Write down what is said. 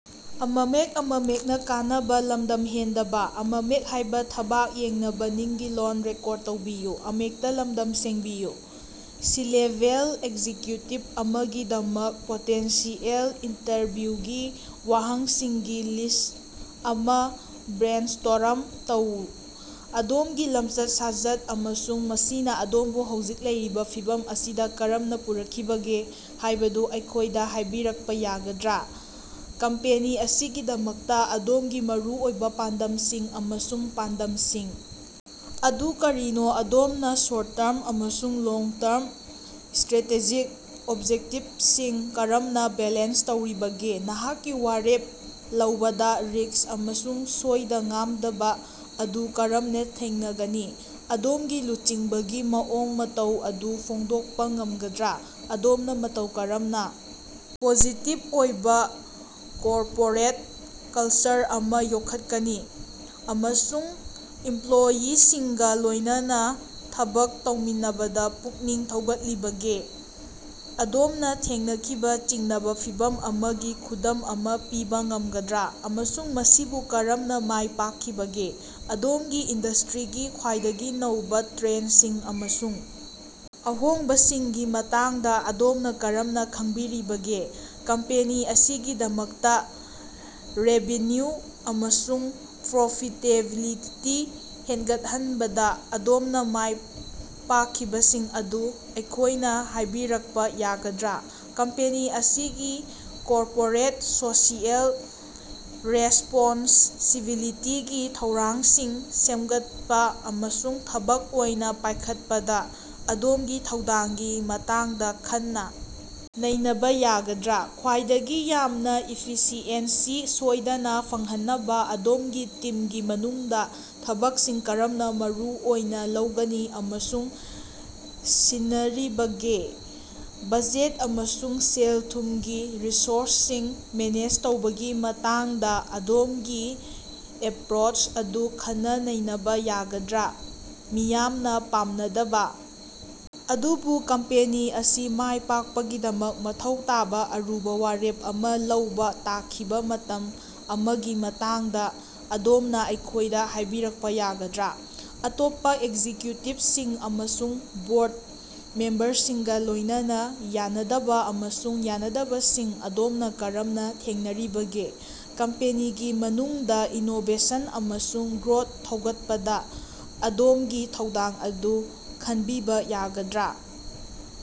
C-level executive ꯑꯃꯒꯤꯗꯃꯛ potential ꯏꯟꯇꯔꯚꯤꯌꯨꯒꯤ ꯋꯥꯍꯪꯁꯤꯡꯒꯤ ꯂꯤꯁ ꯑꯃ ꯕꯔꯦꯟꯁꯇꯣꯔꯝ ꯇꯧ꯫ ꯑꯗꯣꯝꯒꯤ ꯂꯝꯆꯠ ꯁꯥꯖꯠ ꯑꯃꯁꯨꯡ ꯃꯁꯤꯅ ꯑꯗꯣꯝꯕꯨ ꯍꯧꯖꯤꯛ ꯂꯩꯔꯤꯕ ꯐꯤꯚꯝ ꯑꯁꯤꯗ ꯀꯔꯝꯅ ꯄꯨꯔꯛꯈꯤꯕꯒꯦ ꯍꯥꯏꯕꯗꯨ ꯑꯩꯈꯣꯏꯗ ꯍꯥꯏꯕꯤꯔꯛꯄ ꯌꯥꯒꯗ꯭ꯔꯥ꯫ ꯀꯝꯄꯦꯅꯤ ꯑꯁꯤꯒꯤꯗꯃꯛꯇ ꯑꯗꯣꯝꯒꯤ ꯃꯔꯨꯑꯣꯏꯕ ꯄꯥꯟꯗꯝꯁꯤꯡ ꯑꯃꯁꯨꯡ ꯄꯥꯟꯗꯝꯁꯤꯡ ꯑꯗꯨ ꯀꯔꯤꯅꯣ ꯑꯗꯣꯝꯅ ꯁꯣꯔꯠ ꯇꯔꯝ ꯑꯃꯁꯨꯡ ꯂꯣꯡ ꯇꯔꯝ ꯁꯇꯔꯦꯇꯦꯖꯤꯛ ꯑꯣꯕꯖꯦꯛꯇꯤꯕꯁꯤꯡ ꯀꯔꯝꯅ ꯕꯦꯂꯦꯟꯁ ꯇꯧꯔꯤꯕꯒꯦ꯫ ꯅꯍꯥꯛꯀꯤ ꯋꯥꯔꯦꯞ ꯂꯧꯕꯗ ꯔꯤꯁꯛ ꯑꯃꯁꯨꯡ ꯁꯣꯏꯗ ꯉꯥꯝꯗꯕ ꯑꯗꯨ ꯀꯔꯝꯅ ꯊꯦꯡꯅꯒꯅꯤ ꯑꯗꯣꯝꯒꯤ ꯂꯨꯆꯤꯡꯕꯒꯤ ꯃꯑꯣꯡ ꯃꯇꯧ ꯑꯗꯨ ꯐꯣꯡꯗꯣꯛꯄ ꯉꯝꯒꯗ꯭ꯔꯥ ꯑꯗꯣꯝꯅ ꯃꯇꯧ ꯀꯔꯝꯅ ꯄꯣꯖꯤꯇꯤꯞ ꯑꯣꯏꯕ ꯀꯣꯔꯄꯣꯔꯦꯠ ꯀꯜꯆꯔ ꯑꯃ ꯌꯣꯛꯈꯠꯀꯅꯤ ꯑꯃꯁꯨꯡ ꯏꯝꯄꯂꯣꯌꯤꯁꯤꯡꯒ ꯂꯣꯏꯅꯅ ꯊꯕꯛ ꯇꯧꯃꯤꯟꯅꯕꯗ ꯄꯨꯛꯅꯤꯡ ꯊꯧꯒꯠꯂꯤꯕꯒꯦ꯫ ꯑꯗꯣꯝꯅ ꯊꯦꯡꯅꯈꯤꯕ ꯆꯤꯡꯅꯕ ꯐꯤꯚꯝ ꯑꯃꯒꯤ ꯈꯨꯗꯝ ꯑꯃ ꯄꯤꯕ ꯉꯝꯒꯗ꯭ꯔꯥ ꯑꯃꯁꯨꯡ ꯃꯁꯤꯕꯨ ꯀꯔꯝꯅ ꯃꯥꯏ ꯄꯥꯛꯈꯤꯕꯒꯦ꯫ ꯑꯗꯣꯝꯒꯤ ꯏꯟꯗꯁꯇꯔꯤꯒꯤ ꯈ꯭ꯋꯥꯏꯗꯒꯤ ꯅꯧꯕ ꯇꯔꯦꯟꯁꯤꯡ ꯑꯃꯁꯨꯡ ꯑꯍꯣꯡꯕꯁꯤꯡꯒꯤ ꯃꯇꯥꯡꯗ ꯑꯗꯣꯝꯅ ꯀꯔꯝꯅ ꯈꯪꯕꯤꯔꯤꯕꯒꯦ꯫ ꯀꯝꯄꯦꯅꯤ ꯑꯁꯤꯒꯤꯗꯃꯛꯇꯥ ꯔꯦꯚꯤꯟꯌꯨ ꯑꯃꯁꯨꯡ ꯄꯔꯣꯐꯤꯇꯦꯕꯤꯂꯤꯇꯤ ꯍꯦꯟꯒꯠꯍꯟꯕꯗ ꯑꯗꯣꯝꯅ ꯃꯥꯏ ꯄꯥꯛꯈꯤꯕꯁꯤꯡ ꯑꯗꯨ ꯑꯩꯈꯣꯏꯗ ꯍꯥꯏꯕꯤꯔꯛꯄ ꯌꯥꯒꯗ꯭ꯔꯥ꯫ ꯀꯝꯄꯦꯅꯤ ꯑꯁꯤꯒꯤ ꯀꯣꯔꯄꯣꯔꯦꯠ ꯁꯣꯁꯤꯑꯦꯜ ꯔꯦꯁꯄꯣꯟꯁꯤꯕꯤꯂꯤꯇꯤꯒꯤ ꯊꯧꯔꯥꯡꯁꯤꯡ ꯁꯦꯝꯒꯠꯄ ꯑꯃꯁꯨꯡ ꯊꯕꯛ ꯑꯣꯏꯅ ꯄꯥꯏꯈꯠꯄꯗ ꯑꯗꯣꯝꯒꯤ ꯊꯧꯗꯥꯡꯒꯤ ꯃꯇꯥꯡꯗ ꯈꯟꯅ ꯅꯩꯅꯕ ꯌꯥꯒꯗ꯭ꯔꯥ꯫ ꯈ꯭ꯋꯥꯏꯗꯒꯤ ꯌꯥꯝꯅ ꯏꯐꯤꯁꯤꯑꯦꯟꯁꯤ ꯁꯣꯏꯗꯅ ꯐꯪꯍꯟꯅꯕ ꯑꯗꯣꯝꯒꯤ ꯇꯤꯝꯒꯤ ꯃꯅꯨꯡꯗ ꯊꯕꯛꯁꯤꯡ ꯀꯔꯝꯅ ꯃꯔꯨ ꯑꯣꯏꯅ ꯂꯧꯒꯅꯤ ꯑꯃꯁꯨꯡ ꯁꯤꯟꯅꯔꯤꯕꯒꯦ ꯕꯖꯦꯠ ꯑꯃꯁꯨꯡ ꯁꯦꯜ ꯊꯨꯝꯒꯤ ꯔꯤꯁꯣꯔꯁꯁꯤꯡ ꯃꯦꯅꯦꯖ ꯇꯧꯕꯒꯤ ꯃꯇꯥꯡꯗ ꯑꯗꯣꯝꯒꯤ ꯑꯦꯞꯔꯣꯁ ꯑꯗꯨ ꯈꯟꯅ ꯅꯩꯅꯕ ꯌꯥꯒꯗ꯭ꯔꯥ꯫ ꯃꯤꯌꯥꯝꯅ ꯄꯥꯝꯅꯗꯕ ꯑꯗꯨꯕꯨ ꯀꯝꯄꯦꯅꯤ ꯑꯁꯤ ꯃꯥꯏ ꯄꯥꯛꯄꯒꯤꯗꯃꯛ ꯃꯊꯧ ꯇꯥꯕ ꯑꯔꯨꯕ ꯋꯥꯔꯦꯞ ꯑꯃ ꯂꯧꯕ ꯇꯥꯈꯤꯕ ꯃꯇꯝ ꯑꯃꯒꯤ ꯃꯇꯥꯡꯗ ꯑꯗꯣꯝꯅ ꯑꯩꯈꯣꯏꯗ ꯍꯥꯏꯕꯤꯔꯛꯄ ꯌꯥꯒꯗ꯭ꯔꯥ꯫ ꯑꯇꯣꯞꯄꯥ ꯑꯦꯛꯖꯤꯛꯌꯨꯇꯤꯞꯁꯤꯡ ꯑꯃꯁꯨꯡ ꯕꯣꯔꯠ ꯃꯦꯝꯕꯔꯁꯤꯡꯒ ꯂꯣꯏꯅꯅ ꯌꯥꯅꯗꯕ ꯑꯃꯁꯨꯡ ꯌꯥꯅꯗꯕꯁꯤꯡ ꯑꯗꯣꯝꯅ ꯀꯔꯝꯅ ꯊꯦꯡꯅꯔꯤꯕꯒꯦ꯫ ꯀꯝꯄꯦꯅꯤꯒꯤ ꯃꯅꯨꯡꯗꯥ ꯏꯅꯣꯕꯦꯁꯟ ꯑꯃꯁꯨꯡ ꯒꯔꯣꯠ ꯊꯧꯒꯠꯄꯗ ꯑꯗꯣꯝꯒꯤ ꯊꯧꯗꯥꯡ ꯑꯗꯨ ꯈꯟꯅꯕꯤꯕ ꯌꯥꯒꯗ꯭ꯔꯥ꯫